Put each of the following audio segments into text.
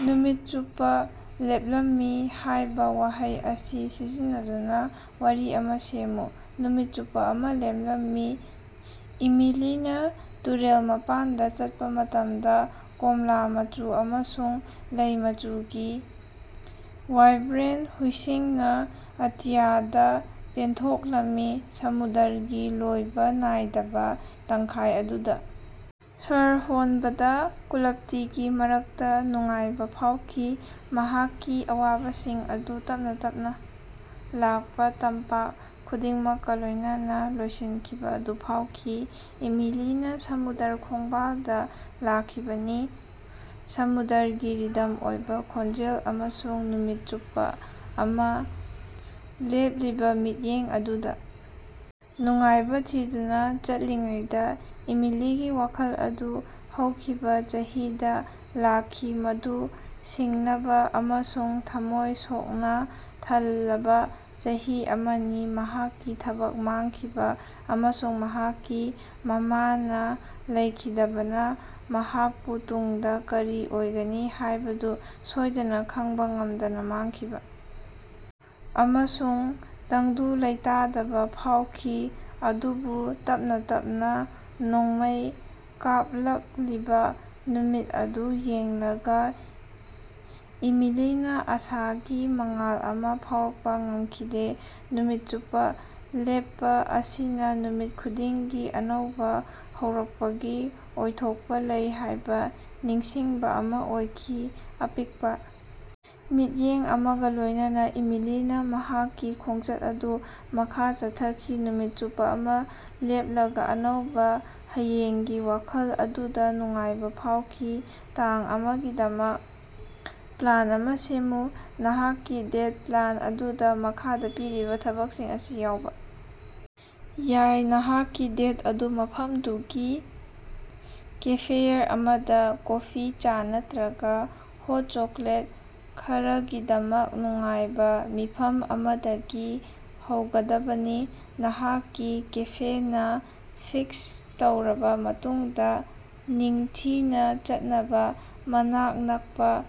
ꯅꯨꯃꯤꯠ ꯆꯨꯞꯄ ꯂꯦꯞꯂꯝꯃꯤ ꯍꯥꯏꯕ ꯋꯥꯍꯩ ꯑꯁꯤ ꯁꯤꯖꯤꯟꯅꯗꯨꯅ ꯋꯥꯔꯤ ꯑꯃ ꯁꯦꯝꯃꯨ꯫ ꯅꯨꯃꯤꯠ ꯆꯨꯞꯄ ꯑꯃ ꯂꯦꯞꯂꯝꯃꯤ, ꯏꯃꯤꯂꯤꯅ ꯇꯨꯔꯦꯜ ꯃꯄꯥꯟꯗ ꯆꯠꯄ ꯃꯇꯝꯗ ꯀꯣꯝꯂꯥ ꯃꯆꯨ ꯑꯃꯁꯨꯡ ꯂꯩ ꯃꯆꯨꯒꯤ ꯋꯥꯏꯕ꯭ꯔꯦꯟ ꯍꯨꯏꯁꯤꯡꯅ ꯑꯇꯤꯌꯥꯗ ꯄꯦꯟꯊꯣꯛꯂꯝꯃꯤ꯫ ꯁꯃꯨꯗ꯭ꯔꯒꯤ ꯂꯣꯏꯕ ꯅꯥꯏꯗꯕ ꯇꯪꯈꯥꯏ ꯑꯗꯨꯗ ꯁ꯭ꯋꯔ ꯍꯣꯟꯕꯗ ꯀꯨꯂꯕꯇꯤꯒꯤ ꯃꯔꯛꯇ ꯅꯨꯡꯉꯥꯏꯕ ꯐꯥꯎꯈꯤ, ꯃꯍꯥꯛꯀꯤ ꯑꯋꯥꯕꯁꯤꯡ ꯑꯗꯨ ꯇꯞꯅ ꯇꯞꯅ ꯂꯥꯛꯄ ꯇꯝꯄꯥꯛ ꯈꯨꯗꯤꯡꯃꯛꯀ ꯂꯣꯏꯅꯅ ꯂꯣꯏꯁꯤꯟꯈꯤꯕ ꯑꯗꯨ ꯐꯥꯎꯈꯤ꯫ ꯏꯃꯤꯂꯤꯅ ꯁꯃꯨꯗ꯭ꯔ ꯈꯣꯡꯕꯥꯜꯗ ꯂꯥꯛꯈꯤꯕꯅꯤ, ꯁꯃꯨꯗ꯭ꯔꯒꯤ ꯔꯤꯗꯝ ꯑꯣꯏꯕ ꯈꯣꯟꯖꯦꯜ ꯑꯃꯁꯨꯡ ꯅꯨꯃꯤꯠ ꯆꯨꯞꯄ ꯑꯃ ꯂꯦꯞꯂꯤꯕ ꯃꯤꯠꯌꯦꯡ ꯑꯗꯨꯗ ꯅꯨꯡꯉꯥꯏꯕ ꯊꯤꯗꯨꯅ꯫ ꯆꯠꯂꯤꯉꯩꯗ ꯏꯃꯤꯂꯤꯒꯤ ꯋꯥꯈꯜ ꯑꯗꯨ ꯍꯧꯈꯤꯕ ꯆꯍꯤꯗ ꯂꯥꯛꯈꯤ, ꯃꯗꯨ ꯁꯤꯡꯅꯕ ꯑꯃꯁꯨꯡ ꯊꯝꯃꯣꯏ ꯁꯣꯛꯅ ꯊꯜꯂꯕ ꯆꯍꯤ ꯑꯃꯅꯤ꯫ ꯃꯍꯥꯛꯀꯤ ꯊꯕꯛ ꯃꯥꯡꯈꯤꯕ ꯑꯃꯁꯨꯡ ꯃꯍꯥꯛꯀꯤ ꯃꯃꯥꯅ ꯂꯩꯈꯤꯗꯕꯅ ꯃꯍꯥꯛꯄꯨ ꯇꯨꯡꯗ ꯀꯔꯤ ꯑꯣꯏꯒꯅꯤ ꯍꯥꯏꯕꯗꯨ ꯁꯣꯏꯗꯅ ꯈꯪꯕ ꯉꯝꯗꯅ ꯃꯥꯥꯡꯈꯤꯕ ꯑꯃꯁꯨꯡ ꯇꯪꯗꯨ ꯂꯩꯇꯥꯗꯕ ꯐꯥꯎꯈꯤ꯫ ꯑꯗꯨꯕꯨ ꯇꯞꯅ ꯇꯞꯅ ꯅꯣꯡꯃꯩ ꯀꯥꯞꯂꯛꯂꯤꯕ ꯅꯨꯃꯤꯠ ꯑꯗꯨ ꯌꯦꯡꯂꯒ ꯏꯃꯤꯂꯤꯅ ꯑꯥꯁꯥꯒꯤ ꯃꯉꯥꯜ ꯑꯃ ꯐꯥꯎꯔꯛꯄ ꯉꯝꯈꯤꯗꯦ꯫ ꯅꯨꯃꯤꯠ ꯆꯨꯞꯄ ꯂꯦꯞꯄ ꯑꯁꯤꯅ ꯅꯨꯃꯤꯠ ꯈꯨꯗꯤꯡꯒꯤ ꯑꯅꯧꯕ ꯍꯧꯔꯛꯄꯒꯤ ꯑꯣꯏꯊꯣꯛꯄ ꯂꯩ ꯍꯥꯏꯕ ꯅꯤꯡꯁꯤꯡꯕ ꯑꯃ ꯑꯣꯏꯈꯤ꯫ ꯑꯄꯤꯛꯄ ꯃꯤꯠꯌꯦꯡ ꯑꯃꯒ ꯂꯣꯏꯅꯅ ꯏꯃꯤꯂꯤꯅ ꯃꯍꯥꯛꯀꯤ ꯈꯣꯡꯆꯠ ꯑꯗꯨ ꯃꯈꯥ ꯆꯠꯊꯈꯤ, ꯅꯨꯃꯤꯠ ꯆꯨꯞꯄ ꯑꯃ ꯂꯦꯞꯂꯒ ꯑꯅꯧꯕ ꯍꯌꯦꯡꯒꯤ ꯋꯥꯁꯛ ꯑꯗꯨꯗ ꯅꯨꯡꯉꯥꯏꯕ ꯐꯥꯎꯈꯤ꯫ ꯇꯥꯡ ꯑꯃꯒꯤꯗꯃꯛ ꯄ꯭ꯂꯥꯟ ꯑꯃ ꯁꯦꯝꯃꯨ꯫ ꯅꯍꯥꯛꯀꯤ ꯗꯦꯠ ꯄ꯭ꯂꯥꯟ ꯑꯗꯨꯗ ꯃꯈꯥꯗ ꯄꯤꯔꯤꯕ ꯊꯕꯛꯁꯤꯡ ꯑꯁꯤ ꯌꯥꯎꯕ ꯌꯥꯏ: ꯅꯍꯥꯛꯀꯤ ꯗꯦꯠ ꯑꯗꯨ ꯃꯐꯝꯗꯨꯒꯤ ꯀꯦꯐꯦꯌꯔ ꯑꯃꯗ ꯀꯣꯐꯤ, ꯆꯥ ꯅꯠꯇ꯭ꯔꯒ ꯍꯣꯠ ꯆꯣꯀꯣꯂꯦꯠ ꯈꯔꯒꯤꯗꯃꯛ ꯅꯨꯡꯉꯥꯏꯕ ꯃꯤꯐꯝ ꯑꯃꯗꯒꯤ ꯍꯧꯒꯗꯕꯅꯤ꯫ ꯅꯍꯥꯛꯀꯤ ꯀꯦꯐꯤꯟ ꯐꯤꯛꯁ ꯇꯧꯔꯕ ꯃꯇꯨꯡꯗ, ꯅꯤꯡꯊꯤꯅ ꯆꯠꯅꯕ ꯃꯅꯥꯛ ꯅꯛꯄ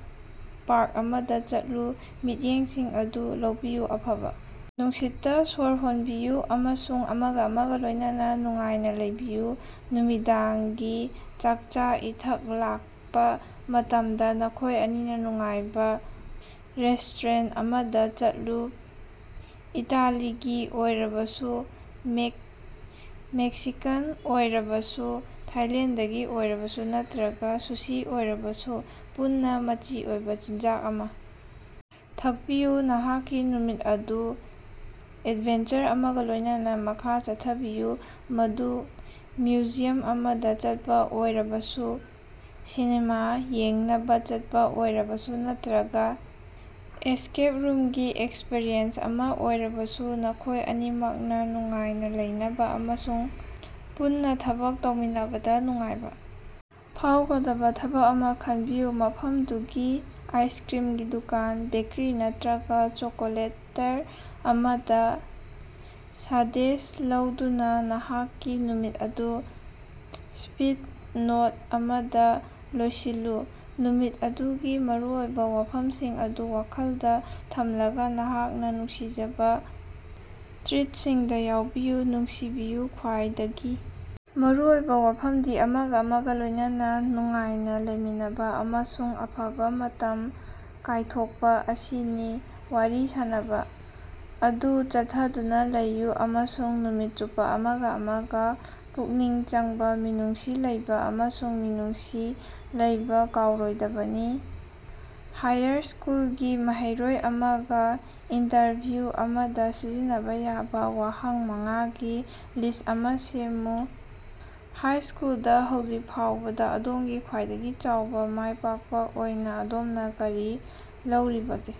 ꯄꯥꯔꯛ ꯑꯃꯗ ꯆꯠꯂꯨ꯫ ꯃꯤꯠꯌꯦꯡꯁꯤꯡ ꯑꯗꯨ ꯂꯧꯕꯤꯌꯨ, ꯑꯐꯕ ꯅꯨꯡꯁꯤꯠꯇ ꯁ꯭ꯋꯔ ꯍꯣꯟꯕꯤꯌꯨ ꯑꯃꯁꯨꯡ ꯑꯃꯒ ꯑꯃꯒ ꯂꯣꯏꯅꯅ ꯅꯨꯡꯉꯥꯏꯅ ꯂꯩꯕꯤꯌꯨ꯫ ꯅꯨꯃꯤꯗꯥꯡꯒꯤ ꯆꯥꯀꯆꯥ-ꯏꯊꯛ ꯂꯥꯛꯄ ꯃꯇꯝꯗ, ꯅꯈꯣꯏ ꯑꯅꯤꯅ ꯅꯨꯡꯉꯥꯏꯕ ꯔꯦꯁꯇꯣꯔꯦꯟꯠ ꯑꯃꯗ ꯆꯠꯂꯨ꯫ ꯏꯇꯥꯂꯤꯒꯤ ꯑꯣꯏꯔꯕꯁꯨ, ꯃꯦꯛꯁꯤꯀꯥꯟ ꯑꯣꯏꯔꯕꯁꯨ, ꯊꯥꯏꯂꯦꯟꯗꯒꯤ ꯑꯣꯏꯔꯕꯁꯨ, ꯅꯠꯇ꯭ꯔꯒ ꯁꯨꯁꯤ ꯑꯣꯏꯔꯕꯁꯨ, ꯄꯨꯟꯅ ꯃꯆꯤ ꯑꯣꯏꯕ ꯆꯤꯟꯖꯥꯛ ꯑꯃ ꯊꯛꯄꯤꯌꯨ꯫ ꯅꯍꯥꯛꯀꯤ ꯅꯨꯃꯤꯠ ꯑꯗꯨ ꯑꯦꯗꯚꯦꯟꯆꯔ ꯑꯃꯒ ꯂꯣꯏꯅꯅ ꯃꯈꯥ ꯆꯠꯊꯕꯤꯌꯨ, ꯃꯗꯨ ꯃ꯭ꯌꯨꯖꯤꯌꯝ ꯑꯃꯗ ꯆꯠꯄ ꯑꯣꯏꯔꯕꯁꯨ, ꯁꯤꯅꯦꯃꯥ ꯌꯦꯡꯅꯕ ꯆꯠꯄ ꯑꯣꯏꯔꯕꯁꯨ ꯅꯠꯇ꯭ꯔꯒ ꯑꯦꯁꯀꯦꯞ ꯔꯨꯝꯒꯤ ꯑꯦꯛꯁꯄꯔꯤꯌꯦꯟꯁ ꯑꯃ ꯑꯣꯏꯔꯕꯁꯨ꯫ ꯅꯈꯣꯏ ꯑꯅꯤꯃꯛꯅ ꯅꯨꯡꯉꯥꯏꯅ ꯂꯩꯅꯕ ꯑꯃꯁꯨꯡ ꯄꯨꯟꯅ ꯊꯕꯛ ꯇꯧꯃꯤꯟꯅꯕꯗ ꯅꯨꯡꯉꯥꯏꯕ ꯐꯥꯎꯒꯗꯕ ꯊꯕꯛ ꯑꯃ ꯈꯟꯕꯤꯌꯨ꯫ ꯃꯐꯝꯗꯨꯒꯤ ꯑꯥꯏꯁꯀ꯭ꯔꯤꯝꯒꯤ ꯗꯨꯀꯥꯟ, ꯕꯦꯀꯔꯤ ꯅꯠꯇ꯭ꯔꯒ ꯆꯣꯀꯣꯂꯦꯇꯔ ꯑꯃꯗ ꯁꯥꯗꯦꯁ ꯂꯧꯗꯨꯅ ꯅꯍꯥꯛꯀꯤ ꯅꯨꯃꯤꯠ ꯑꯗꯨ ꯁ꯭ꯕꯤꯠ ꯅꯣꯠ ꯑꯃꯗ ꯂꯣꯏꯁꯤꯜꯂꯨ꯫ ꯅꯨꯃꯤꯠ ꯑꯗꯨꯒꯤ ꯃꯔꯨꯑꯣꯏꯕ ꯋꯥꯐꯝꯁꯤꯡ ꯑꯗꯨ ꯋꯥꯈꯜꯗ ꯊꯝꯂꯒ ꯅꯍꯥꯛꯅ ꯅꯨꯡꯁꯤꯖꯕ ꯇ꯭ꯔꯤꯠꯁꯤꯡꯗ ꯌꯥꯎꯕꯤꯌꯨ꯫ ꯅꯨꯡꯁꯤꯕꯤꯌꯨ, ꯈ꯭ꯋꯥꯏꯗꯒꯤ ꯃꯔꯨ ꯑꯣꯏꯕ ꯋꯥꯐꯝꯗꯤ ꯑꯃꯒ ꯑꯃꯒ ꯂꯣꯏꯅꯅ ꯅꯨꯡꯉꯥꯏꯅ ꯂꯩꯃꯤꯟꯅꯕ ꯑꯃꯁꯨꯡ ꯑꯐꯕ ꯃꯇꯝ ꯀꯥꯏꯊꯣꯛꯄ ꯑꯁꯤꯅꯤ꯫ ꯋꯥꯔꯤ ꯁꯥꯅꯕ ꯑꯗꯨ ꯆꯠꯊꯗꯨꯅ ꯂꯩꯌꯨ ꯑꯃꯁꯨꯡ ꯅꯨꯃꯤꯠ ꯆꯨꯞꯄ ꯑꯃꯒ ꯑꯃꯒ ꯄꯨꯛꯅꯤꯡ ꯆꯪꯕ, ꯃꯤꯅꯨꯡꯁꯤ ꯂꯩꯕ ꯑꯃꯁꯨꯡ ꯃꯤꯅꯨꯡꯁꯤ ꯂꯩꯕ ꯀꯥꯎꯔꯣꯏꯗꯕꯅꯤ꯫ ꯍꯥꯌꯔ ꯁ꯭ꯀꯨꯜꯒꯤ ꯃꯍꯩꯔꯣꯏ ꯑꯃꯒ ꯏꯟꯇꯔꯚꯤꯎ ꯑꯃꯗ ꯁꯤꯖꯤꯟꯅꯕ ꯌꯥꯕ ꯋꯥꯍꯪ ꯃꯉꯥꯒꯤ ꯂꯤꯁ꯭ꯠ ꯑꯃ ꯁꯦꯝꯃꯨ꯫ ꯍꯥꯏꯁ꯭ꯀꯜꯗ ꯍꯧꯖꯤꯛ ꯐꯥꯎꯕꯗ ꯑꯗꯣꯝꯒꯤ ꯈ꯭ꯋꯥꯏꯗꯒꯤ ꯆꯥꯎꯕ ꯃꯥꯏꯄꯥꯛꯄ ꯑꯣꯏꯅ ꯑꯗꯣꯝꯅ ꯀꯔꯤ ꯂꯧꯔꯤꯕꯒꯦ?